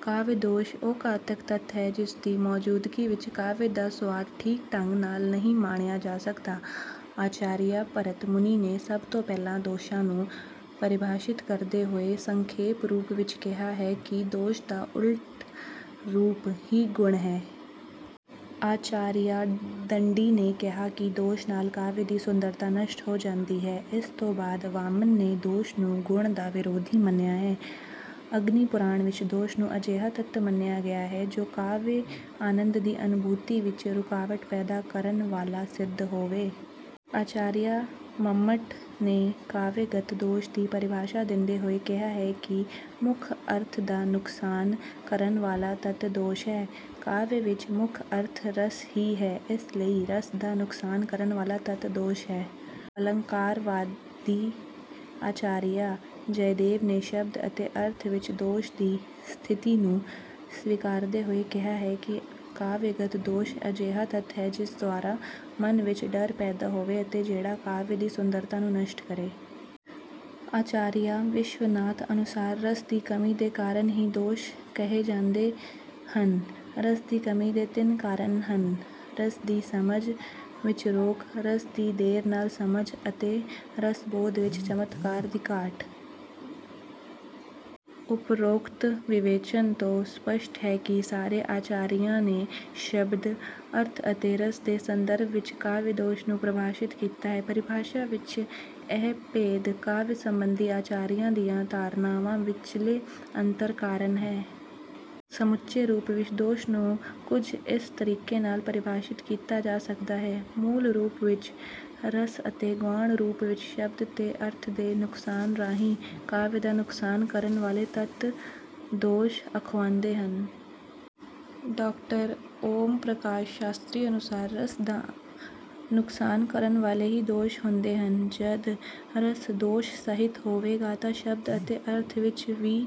ਕਾਵਿ ਦੋਸ਼ ਉਹ ਘਾਤਕ ਤੱਤ ਹੈ ਜਿਸਦੀ ਮੌਜੂਦਗੀ ਵਿੱਚ ਕਾਵਿ ਦਾ ਸੁਆਦ ਠੀਕ ਢੰਗ ਨਾਲ ਨਹੀਂ ਮਾਣਿਆ ਜਾ ਸਕਦਾ। ਆਚਾਰੀਆ ਭਰਤ ਮੁਨੀ ਨੇ ਸਭ ਤੋਂ ਪਹਿਲਾਂ ਦੋਸ਼ਾਂ ਨੂੰ ਪਰਿਭਾਸ਼ਿਤ ਕਰਦੇ ਹੋਏ ਸੰਖੇਪ ਰੂਪ ਵਿੱਚ ਕਿਹਾ ਹੈ ਕਿ ਦੋਸ਼ ਦਾ ਉਲਟ ਰੂਪ ਹੀ ਗੁਣ ਹੈ। ਆਚਾਰੀਆ ਦੰਡੀ ਨੇ ਕਿਹਾ ਕਿ ਦੋਸ਼ ਨਾਲ ਕਾਵਿ ਦੀ ਸੁੰਦਰਤਾ ਨਸ਼ਟ ਹੋ ਜਾਂਦੀ ਹੈ। ਇਸ ਤੋਂ ਬਾਅਦ ਵਾਮਨ ਨੇ ਦੋਸ਼ ਨੂੰ ਗੁਣ ਦਾ ਵਿਰੋਧੀ ਮੰਨਿਆ ਹੈ। ਅਗਨੀਪੁਰਾਣ ਵਿੱਚ ਦੋਸ਼ ਨੂੰ ਅਜਿਹਾ ਤੱਤ ਮੰਨਿਆ ਗਿਆ ਹੈ ਜੋ ਕਾਵਿ-ਆਨੰਦ ਦੀ ਅਨੁਭੂਤੀ ਵਿੱਚ ਰੁਕਾਵਟ ਪੈਦਾ ਕਰਨ ਵਾਲਾ ਸਿੱਧ ਹੋਵੇ। ਆਚਾਰੀਆ ਮੰਮਟ ਨੇ ਕਾਵਿਗਤ ਦੋਸ਼ ਦੀ ਪਰਿਭਾਸ਼ਾ ਦਿੰਦੇ ਹੋਏ ਕਿਹਾ ਹੈ ਕਿ ਮੁੱਖ ਅਰਥ ਦਾ ਨੁਕਸਾਨ ਕਰਨ ਵਾਲਾ ਤੱਤ 'ਦੋਸ਼' ਹੈ। ਕਾਵਿ ਵਿੱਚ ਮੁੱਖ-ਅਰਥ ਰਸ ਹੀ ਹੈ, ਇਸ ਲਈ ਰਸ ਦਾ ਨੁਕਸਾਨ ਕਰਨ ਵਾਲਾ ਤੱਤ ਦੋਸ਼ ਹੈ। ਅਲੰਕਾਰਵਾਦੀ ਆਚਾਰੀਆ ਜਯਦੇਵ ਨੇ ਸ਼ਬਦ ਅਤੇ ਅਰਥ ਵਿੱਚ ਦੋਸ਼ ਦੀ ਸਥਿਤੀ ਨੂੰ ਸਵੀਕਾਰਦੇ ਹੋਏ ਕਿਹਾ ਹੈ ਕਿ ਕਾਵਿਗਤ ਦੋਸ਼ ਅਜਿਹਾ ਤੱਤ ਹੈ ਜਿਸ ਦੁਆਰਾ ਮਨ ਵਿੱਚ ਡਰ ਪੈਦਾ ਹੋਵੇ ਅਤੇ ਜਿਹੜਾ ਕਾਵਿ ਦੀ ਸੁੰਦਰਤਾ ਨੂੰ ਨਸ਼ਟ ਕਰੇ। ਆਚਾਰੀਆ ਵਿਸ਼ਵਨਾਥ ਅਨੁਸਾਰ ਰਸ ਦੀ ਕਮੀ ਦੇ ਕਾਰਨ ਹੀ ਦੋਸ਼ ਕਹੇ ਜਾਂਦੇ ਹਨ। ਰਸ ਦੀ ਕਮੀ ਦੇ ਤਿੰਨ ਕਾਰਨ ਹਨ– ਰਸ ਦੀ ਸਮਝ ਵਿੱਚ ਰੋਕ, ਰਸ ਦੀ ਦੇਰ ਨਾਲ ਸਮਝ ਅਤੇ ਰਸ-ਬੋਧ ਵਿੱਚ ਚਮਤਕਾਰ ਦੀ ਘਾਟ। ਉਪਰੋਕਤ ਵਿਵੇਚਨ ਤੋਂ ਸਪਸ਼ਟ ਹੈ ਕਿ ਸਾਰੇ ਆਚਾਰੀਆਂ ਨੇ ਸ਼ਬਦ, ਅਰਥ ਅਤੇ ਰਸ ਦੇ ਸੰਦਰਭ ਵਿੱਚ ਕਾਵਿ-ਦੋਸ਼ ਨੂੰ ਪਰਿਭਾਸ਼ਿਤ ਕੀਤਾ ਹੈ। ਪਰਿਭਾਸ਼ਾ ਵਿੱਚ ਇਹ ਭੇਦ ਕਾਵਿ ਸੰਬੰਧੀ ਆਚਾਰੀਆਂ ਦੀਆਂ ਧਾਰਨਾਵਾਂ ਵਿੱਚਲੇ ਅੰਤਰ ਕਾਰਨ ਹੈ। ਸਮੁੱਚੇ ਰੂਪ ਵਿੱਚ ਦੋਸ਼ ਨੂੰ ਕੁੱਝ ਇਸ ਤਰੀਕੇ ਨਾਲ ਪਰਿਭਾਸ਼ਿਤ ਕੀਤਾ ਜਾ ਸਕਦਾ ਹੈ- ਮੂਲ ਰੂਪ ਵਿੱਚ ਰਸ ਅਤੇ ਗੌਣ ਰੂਪ ਵਿੱਚ ਸ਼ਬਦ ਤੇ ਅਰਥ ਦੇ ਨੁਕਸਾਨ ਰਾਹੀਂ ਕਾਵਿ ਦਾ ਨੁਕਸਾਨ ਕਰਨ ਵਾਲੇ ਤੱਤ ਦੋਸ਼ ਅਖਵਾਉਂਦੇ ਹਨ। ਡਾਕਟਰ ਓਮ ਪ੍ਰਕਾਸ਼ ਸ਼ਾਸਤ੍ਰੀ ਅਨੁਸਾਰ, "ਰਸ ਦਾ ਨੁਕਸਾਨ ਕਰਨ ਵਾਲੇ ਹੀ ਦੋਸ਼ ਹੁੰਦੇ ਹਨ, ਜਦ ਰਸ ਦੋਸ਼ ਸਹਿਤ ਹੋਵੇਗਾ ਤਾਂ ਸ਼ਬਦ ਅਤੇ ਅਰਥ ਵਿੱਚ ਵੀ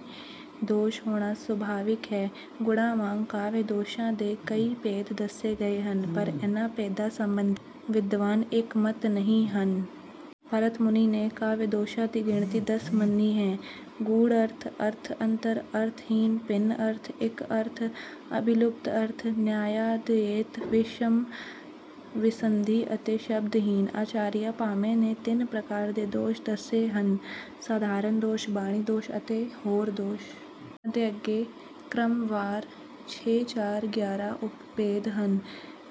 ਦੋਸ਼ ਹੋਣਾ ਸੁਭਾਵਿਕ ਹੈ"। ਗੁਣਾਂ ਵਾਂਗ ਕਾਵਿ-ਦੋਸ਼ਾਂ ਦੇ ਕਈ ਭੇਦ ਦੱਸੇ ਗਏ ਹਨ, ਪਰ ਇਨ੍ਹਾਂ ਭੇਦਾਂ ਸਬੰਧੀ ਵਿਦਵਾਨ ਇੱਕ ਮਤ ਨਹੀਂ ਹਨ। ਭਰਤ ਮੁਨੀ ਨੇ ਕਾਵਿ ਦੋਸ਼ਾਂ ਦੀ ਗਿਣਤੀ ਦਸ ਮੰਨੀ ਹੈ- ਗੂੜ੍ਹ ਅਰਥ, ਅਰਥ ਅੰਤਰ, ਅਰਥ-ਹੀਨ, ਭਿੰਨ-ਅਰਥ, ਇੱਕ-ਅਰਥ, ਅਭਿਲੁਪਤ-ਅਰਥ, ਨਯਾਯਾਦਯੇਤ, ਵਿਸ਼ਮ, ਵਿਸੰਧਿ ਅਤੇ ਸ਼ਬਦ-ਹੀਨ। ਆਚਾਰੀਆ ਭਾਮਹ ਨੇ ਤਿੰਨ ਪ੍ਰਕਾਰ ਦੇ ਦੋਸ਼ ਦੱਸੇ ਹਨ- ਸਾਧਾਰਨ ਦੋਸ਼, ਬਾਣੀ ਦੋਸ਼ ਅਤੇ ਹੋਰ ਦੋਸ਼। ਇਨ੍ਹਾਂ ਦੇ ਅੱਗੋਂ ਕ੍ਰਮਵਾਰ ਛੇ, ਚਾਰ, ਗਿਆਰਾਂ ਉਪਭੇਦ ਹਨ।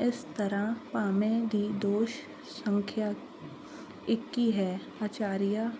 ਇਸ ਤਰ੍ਹਾਂ ਭਾਮਹ ਦੀ ਦੋਸ਼ ਸੰਖਿਆ ਇੱਕੀ ਹੈ। ਆਚਾਰੀਆ